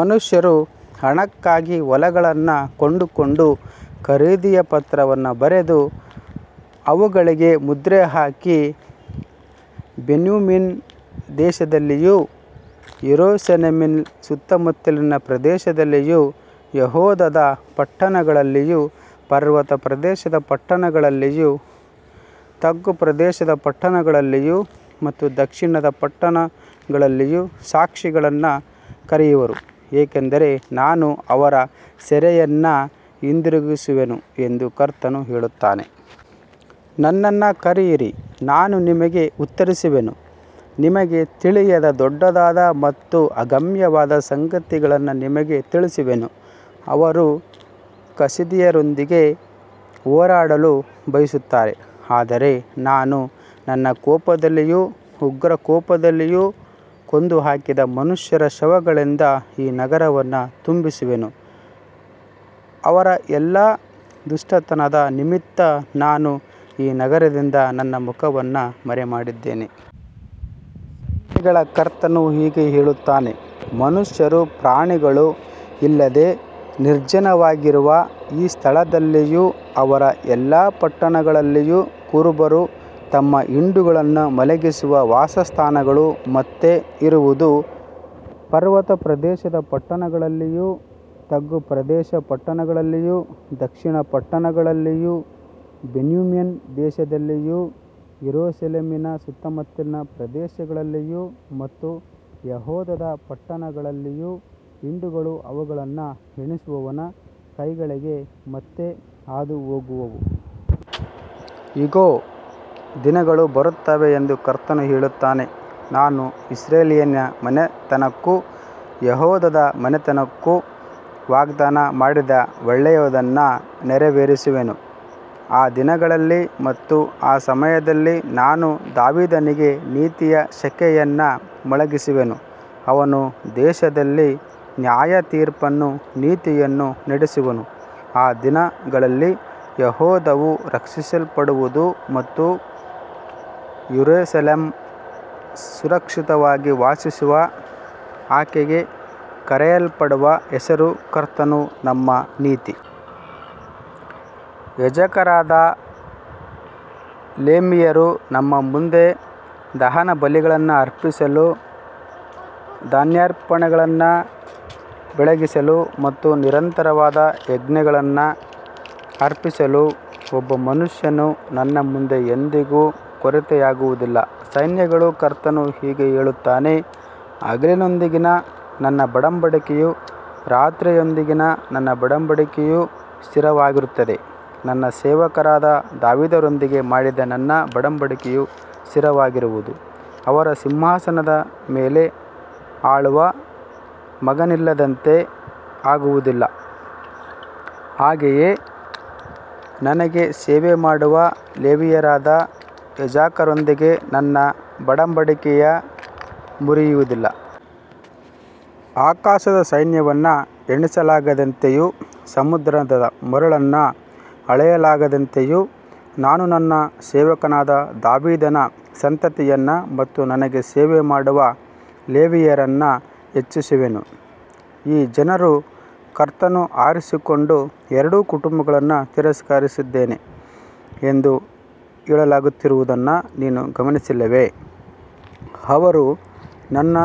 ಮನುಷ್ಯರು ಹಣಕ್ಕಾಗಿ ಹೊಲಗಳನ್ನು ಕೊಂಡುಕೊಂಡು, ಖರೀದಿಯ ಪತ್ರಗಳನ್ನು ಬರೆದು, ಅವುಗಳಿಗೆ ಮುದ್ರೆ ಹಾಕಿ, ಬೆನ್ಯಾಮೀನ್ ದೇಶದಲ್ಲಿಯೂ, ಯೆರೂಸಲೇಮಿನ ಸುತ್ತಮುತ್ತಲಿನ ಪ್ರದೇಶಗಳಲ್ಲಿಯೂ, ಯೆಹೂದದ ಪಟ್ಟಣಗಳಲ್ಲಿಯೂ, ಪರ್ವತ ಪ್ರದೇಶದ ಪಟ್ಟಣಗಳಲ್ಲಿಯೂ, ತಗ್ಗು ಪ್ರದೇಶದ ಪಟ್ಟಣಗಳಲ್ಲಿಯೂ ಮತ್ತು ದಕ್ಷಿಣದ ಪಟ್ಟಣಗಳಲ್ಲಿಯೂ ಸಾಕ್ಷಿಗಳನ್ನು ಕರೆಯುವರು, ಏಕೆಂದರೆ ನಾನು ಅವರ ಸೆರೆಯನ್ನು ಹಿಂದಿರುಗಿಸುವೆನು ಎಂದು ಕರ್ತನು ಹೇಳುತ್ತಾನೆ. ನನ್ನನ್ನು ಕರೆಯಿರಿ, ನಾನು ನಿಮಗೆ ಉತ್ತರಿಸುವೆನು, ನಿಮಗೆ ತಿಳಿಯದ ದೊಡ್ಡದಾದ ಮತ್ತು ಅಗಮ್ಯವಾದ ಸಂಗತಿಗಳನ್ನು ನಿಮಗೆ ತಿಳಿಸುವೆನು. ಅವರು ಕಸ್ದೀಯರೊಂದಿಗೆ ಹೋರಾಡಲು ಬರುತ್ತಾರೆ, ಆದರೆ ನಾನು ನನ್ನ ಕೋಪದಲ್ಲಿಯೂ ಉಗ್ರಕೋಪದಲ್ಲಿಯೂ ಕೊಂದುಹಾಕಿದ ಮನುಷ್ಯರ ಶವಗಳಿಂದ ಈ ನಗರವನ್ನು ತುಂಬಿಸುವೆನು, ಅವರ ಎಲ್ಲಾ ದುಷ್ಟತನದ ನಿಮಿತ್ತ ನಾನು ಈ ನಗರದಿಂದ ನನ್ನ ಮುಖವನ್ನು ಮರೆಮಾಡಿದ್ದೇನೆ. ಸೈನ್ಯಗಳ ಕರ್ತನು ಹೀಗೆ ಹೇಳುತ್ತಾನೆ, ಮನುಷ್ಯರೂ ಪ್ರಾಣಿಗಳೂ ಇಲ್ಲದೆ ನಿರ್ಜನವಾಗಿರುವ ಈ ಸ್ಥಳದಲ್ಲಿಯೂ ಅದರ ಎಲ್ಲಾ ಪಟ್ಟಣಗಳಲ್ಲಿಯೂ, ಕುರುಬರು ತಮ್ಮ ಹಿಂಡುಗಳನ್ನು ಮಲಗಿಸುವ ವಾಸಸ್ಥಾನಗಳು ಮತ್ತೆ ಇರುವುದು. ಪರ್ವತ ಪ್ರದೇಶದ ಪಟ್ಟಣಗಳಲ್ಲಿಯೂ, ತಗ್ಗು ಪ್ರದೇಶದ ಪಟ್ಟಣಗಳಲ್ಲಿಯೂ, ದಕ್ಷಿಣದ ಪಟ್ಟಣಗಳಲ್ಲಿಯೂ, ಬೆನ್ಯಾಮೀನ್ ದೇಶದಲ್ಲಿಯೂ, ಯೆರೂಸಲೇಮಿನ ಸುತ್ತಮುತ್ತಲಿನ ಪ್ರದೇಶಗಳಲ್ಲಿಯೂ ಮತ್ತು ಯೆಹೂದದ ಪಟ್ಟಣಗಳಲ್ಲಿಯೂ ಹಿಂಡುಗಳು ಅವುಗಳನ್ನು ಎಣಿಸುವವನ ಕೈಕೆಳಗೆ ಮತ್ತೆ ಹಾದುಹೋಗುವವು. ಇಗೋ, ದಿನಗಳು ಬರುತ್ತವೆ ಎಂದು ಕರ್ತನು ಹೇಳುತ್ತಾನೆ, ನಾನು ಇಸ್ರಾಯೇಲಿನ ಮನೆತನಕ್ಕೂ ಯೆಹೂದದ ಮನೆತನಕ್ಕೂ ವಾಗ್ದಾನ ಮಾಡಿದ ಒಳ್ಳೆಯದನ್ನು ನೆರವೇರಿಸುವೆನು. ಆ ದಿನಗಳಲ್ಲಿ ಮತ್ತು ಆ ಸಮಯದಲ್ಲಿ ನಾನು ದಾವೀದನಿಗೆ ನೀತಿಯ ಶಾಖೆಯನ್ನು ಮೊಳೆಯಿಸುವೆನು, ಅವನು ದೇಶದಲ್ಲಿ ನ್ಯಾಯತೀರ್ಪನ್ನೂ ನೀತಿಯನ್ನೂ ನಡೆಸುವನು. ಆ ದಿನಗಳಲ್ಲಿ ಯೆಹೂದವು ರಕ್ಷಿಸಲ್ಪಡುವುದು ಮತ್ತು ಯೆರೂಸಲೇಮ್ ಸುರಕ್ಷಿತವಾಗಿ ವಾಸಿಸುವುದು, ಆಕೆಗೆ ಕರೆಯಲ್ಪಡುವ ಹೆಸರು, ಕರ್ತನು ನಮ್ಮ ನೀತಿ. ಯಾಜಕರಾದ ಲೇವಿಯರು ನನ್ನ ಮುಂದೆ ದಹನಬಲಿಗಳನ್ನು ಅರ್ಪಿಸಲು, ಧಾನ್ಯಾರ್ಪಣೆಗಳನ್ನು ಬೆಳಗಿಸಲು ಮತ್ತು ನಿರಂತರವಾಗಿ ಯಜ್ಞಗಳನ್ನು ಅರ್ಪಿಸಲು ಒಬ್ಬ ಮನುಷ್ಯನು ನನ್ನ ಮುಂದೆ ಎಂದಿಗೂ ಕೊರತೆಯಾಗುವುದಿಲ್ಲ. ಸೈನ್ಯಗಳ ಕರ್ತನು ಹೀಗೆ ಹೇಳುತ್ತಾನೆ, ಹಗಲಿನೊಂದಿಗಿನ ನನ್ನ ಒಡಂಬಡಿಕೆಯೂ ರಾತ್ರಿಯೊಂದಿಗಿನ ನನ್ನ ಒಡಂಬಡಿಕೆಯೂ ಸ್ಥಿರವಾಗಿರುವಂತೆ, ನನ್ನ ಸೇವಕನಾದ ದಾವೀದನೊಂದಿಗೆ ಮಾಡಿದ ನನ್ನ ಒಡಂಬಡಿಕೆಯೂ ಸ್ಥಿರವಾಗಿರುವುದು, ಅವನ ಸಿಂಹಾಸನದ ಮೇಲೆ ಆಳುವ ಮಗನಿಲ್ಲದಂತೆ ಆಗುವುದಿಲ್ಲ, ಹಾಗೆಯೇ ನನಗೆ ಸೇವೆ ಮಾಡುವ ಲೇವಿಯರಾದ ಯಾಜಕರೊಂದಿಗಿನ ನನ್ನ ಒಡಂಬಡಿಕೆಯೂ ಮುರಿಯುವುದಿಲ್ಲ. ಆಕಾಶದ ಸೈನ್ಯವನ್ನು ಎಣಿಸಲಾಗದಂತೆಯೂ ಸಮುದ್ರದ ಮರಳನ್ನು ಅಳೆಯಲಾಗದಂತೆಯೂ ನಾನು ನನ್ನ ಸೇವಕನಾದ ದಾವೀದನ ಸಂತತಿಯನ್ನು ಮತ್ತು ನನಗೆ ಸೇವೆ ಮಾಡುವ ಲೇವಿಯರನ್ನು ಹೆಚ್ಚಿಸುವೆನು. ಈ ಜನರು, ಕರ್ತನು ಆರಿಸಿಕೊಂಡ ಎರಡು ಕುಟುಂಬಗಳನ್ನು ತಿರಸ್ಕರಿಸಿದ್ದಾನೆ ಎಂದು ಹೇಳುತ್ತಿರುವುದನ್ನು ನೀನು ಗಮನಿಸಿಲ್ಲವೇ, ಅವರು ನನ್ನ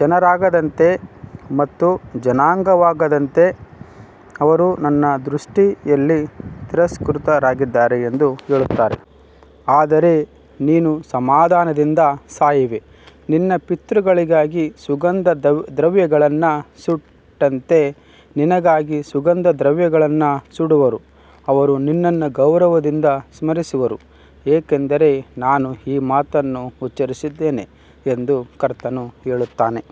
ಜನರಾಗದಂತೆ ಮತ್ತು ಜನಾಂಗವಾಗದಂತೆ ಅವರು ನನ್ನ ದೃಷ್ಟಿಯಲ್ಲಿ ತಿರಸ್ಕೃತರಾಗಿದ್ದಾರೆ ಎಂದು ಹೇಳುತ್ತಾರೆ. ಆದರೆ ನೀನು ಸಮಾಧಾನದಿಂದ ಸಾಯುವೆ, ನಿನ್ನ ಪಿತೃಗಳಿಗಾಗಿ ಸುಗಂಧದ್ರವ್ಯಗಳನ್ನು ಸುಟ್ಟಂತೆ ನಿನಗಾಗಿ ಸುಗಂಧದ್ರವ್ಯಗಳನ್ನು ಸುಡುವರು, ಅವರು ನಿನ್ನನ್ನು ಗೌರವದಿಂದ ಸ್ಮರಿಸುವರು, ಏಕೆಂದರೆ ನಾನು ಈ ಮಾತನ್ನು ಉಚ್ಚರಿಸಿದ್ದೇನೆ ಎಂದು ಕರ್ತನು ಹೇಳುತ್ತಾನೆ.